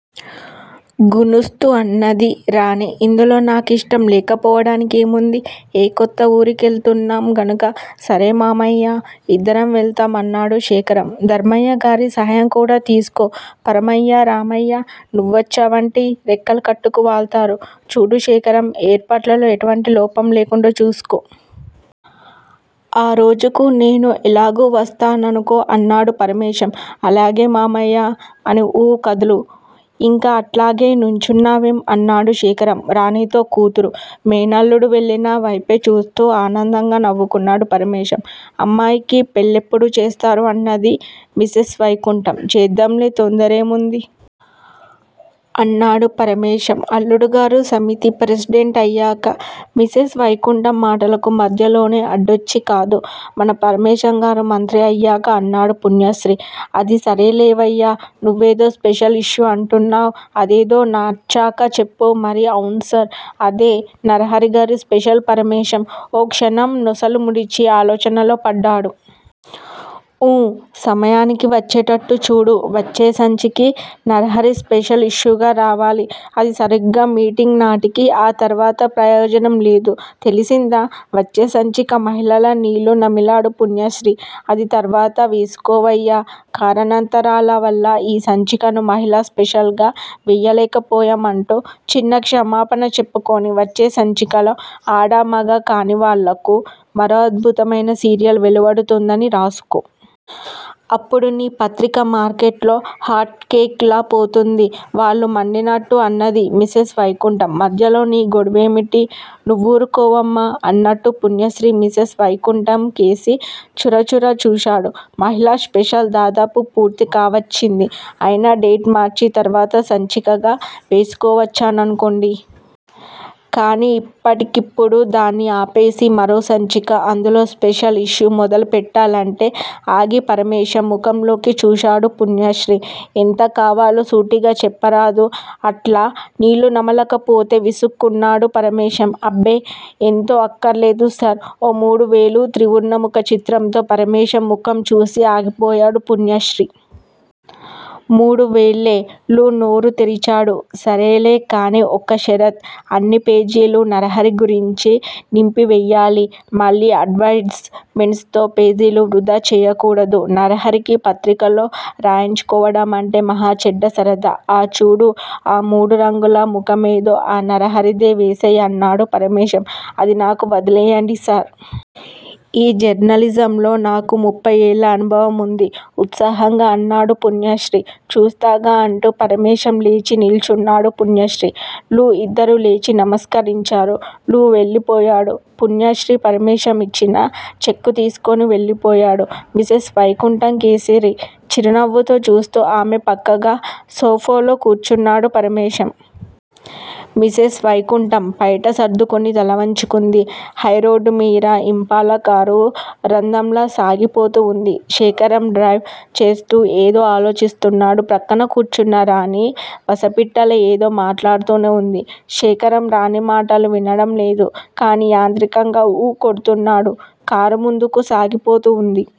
గుణుస్తూ అన్నది రాణి. ఇందులో నా కిష్టం లేకపోవడానికేముంది? ఏ కొత్త ఊరి కెళ్తున్నాం గనుక? సరే మామయ్యా! ఇద్దరం వెళ్తాం! అన్నాడు శేఖరం. ధర్మయ్యగారి సహాయంకూడా తీసుకో! పరమయ్యా, రామయ్యా నువ్వొచ్చావంటే రెక్కలు కట్టుకు వాల్తారు. చూడు శేఖరం! ఏర్పాట్లలో ఎటువంటి లోపం లేకుండా చూసుకో. ఆ రోజుకు నేను ఎలాగూ వస్తాననుకో! అన్నాడు పరమేశం. అలాగే మామయ్యా! అని ఊఁ కదులు! ఇంకా అట్లాగే నుంచున్నావేం? అన్నాడు శేఖరం రాణీతో. కూతురూ, మేనల్లుడూ వెళ్ళిన వైపే చూస్తూ ఆనందంగా నవ్వుకున్నాడు పరమేశం. అమ్మాయికి పెళ్ళెప్పుడు చేస్తారు? అన్నది మిసెస్ వైకుంఠం. చేద్దాంలే తొందరేముంది? అన్నాడు పరమేశం. అల్లుడుగారు సమితి ప్రెసిడెంటు అయ్యాక మిసెస్ వైకుంఠం మాటలకు మధ్యలోనే అడ్డొచ్చి కాదు, మన పరమేశంగారు మంత్రి అయ్యాక అన్నాడు పుణ్యశ్రీ. అది సరేలేవయ్యా! నువ్వేదో స్పెషల్ ఇష్యూ అంటున్నావ్? అదేదో నాన్చక చెప్పు మరీ! అవునుసార్! అదే నరహరిగారి స్పెషల్ పరమేశం ఓ క్షణం నొసలు ముడిచి ఆలోచనలో పడ్డాడు. ఊఁ సమయానికి వచ్చేటట్టు చూడు. వచ్చే సంచికే నరహరి స్పెషల్ ఇష్యూగా రావాలి. అదీ సరిగ్గా మీటింగునాటికి. ఆ తర్వాత ప్రయోజనంలేదు. తెలిసిందా? వచ్చే సంచిక మహిళల నీళ్ళు నమిలాడు పుణ్యశ్రీ. అది తర్వాత వేసుకోవయ్యా! కారణాంతరాలవల్ల ఈ సంచికను మహిళా స్పెషల్ గా వెయ్యలేకపోయాం అంటూ చిన్న క్షమాపణ చెప్పుకొని, వచ్చే సంచికలో ఆడా, మగా కానివాళ్ళకు మరో అద్భుతమైన సీరియల్ వెలువడుతుందని రాసుకో. అప్పుడు నీ పత్రిక మార్కెట్ లో హాట్ కేక్ లా పోతుంది వళ్ళు మండినట్టు అన్నది మిసెస్ వైకుంఠం. మధ్యలో నీ గొడవేమిటి! నువ్వూరుకోవమ్మా అన్నట్టు పుణ్యశ్రీ మిసెస్ వైకుంఠంకేసి చురచురా చూశాడు. మహిళా స్పెషల్ దాదాపు పూర్తి కావచ్చింది. అయినా డేట్ మార్చి తర్వాత సంచికగా వేసుకోవచ్చుననుకోండి! కానీ ఇప్పటికిప్పుడు దాన్ని ఆపేసి, మరోసంచిక, అందులో స్పెషల్ ఇష్యూ మొదలు పెట్టాలంటే ఆగి పరమేశం ముఖంలోకి చూశాడు పుణ్యశ్రీ. ఎంత కావాలో సూటిగా చెప్పరాదూ, అట్లా నీళ్ళునమలకపోతే? విసుక్కున్నాడు పరమేశం. అబ్బే ఎంతో అక్కర్లేదుసార్! ఓ మూడు వేలు త్రివర్ణ ముఖ చిత్రంతో పరమేశం ముఖం చూసి ఆగిపోయాడు పుణ్యశ్రీ. మూడువేలే? లూ నోరుతెరిచాడు. సరేలే! కాని ఒక్క షరతు. అన్ని పేజీలూ నరహరిగురించే నింపివెయ్యాలి. మళ్ళీ అడ్వర్టయిజ్ మెంట్సుతో పేజీలు వృధాచెయ్యకూడదు. నరహరికి పత్రికలో రాయించుకోవడమంటే మహా చెడ్డ సరదా! ఆఁ! చూడూ! ఆ మూడురంగుల ముఖమేదో ఆ నరహరిదే వేసేయ్! అన్నాడు పరమేశం. అదినాకు వదిలేయండి సార్! ఈ జర్నలిజంలో నాకు ముప్పై ఏళ్ళ అనుభవం వుంది ఉత్సాహంగా అన్నాడు పుణ్యశ్రీ. చూస్తాగా! అంటూ పరమేశం లేచి నిల్చున్నాడు. పుణ్యశ్రీ, లూ ఇద్దరూ లేచి నమస్కరించారు. లూ వెళ్ళిపోయాడు. పుణ్యశ్రీ, పరమేశం ఇచ్చిన చెక్కు తీసుకుని వెళ్లిపోయాడు. మిసెస్ వైకుంఠంకేసి చిరునవ్వుతో చూస్తూ ఆమె పక్కగా సోఫాలో కూర్చున్నాడు పరమేశం. మిసెస్ వైకుంఠం పైట సర్దుకుని తలవంచుకుంది. హైరోడ్డుమీర ఇంఫాలా కారు రధంలా సాగిపోతూవుంది. శేఖరం డ్రైవ్ చేస్తూ ఏదో ఆలోచిస్తున్నాడు. ప్రక్కన కూర్చున్న రాణి వసపిట్టలా ఏదో మాట్లాడుతూనే వుంది. శేఖరం రాణి మాటలు వినడంలేదు. కాని యాంత్రికంగా ఊఁ కొడుతున్నాడు. కారు ముందుకు సాగిపోతూవుంది.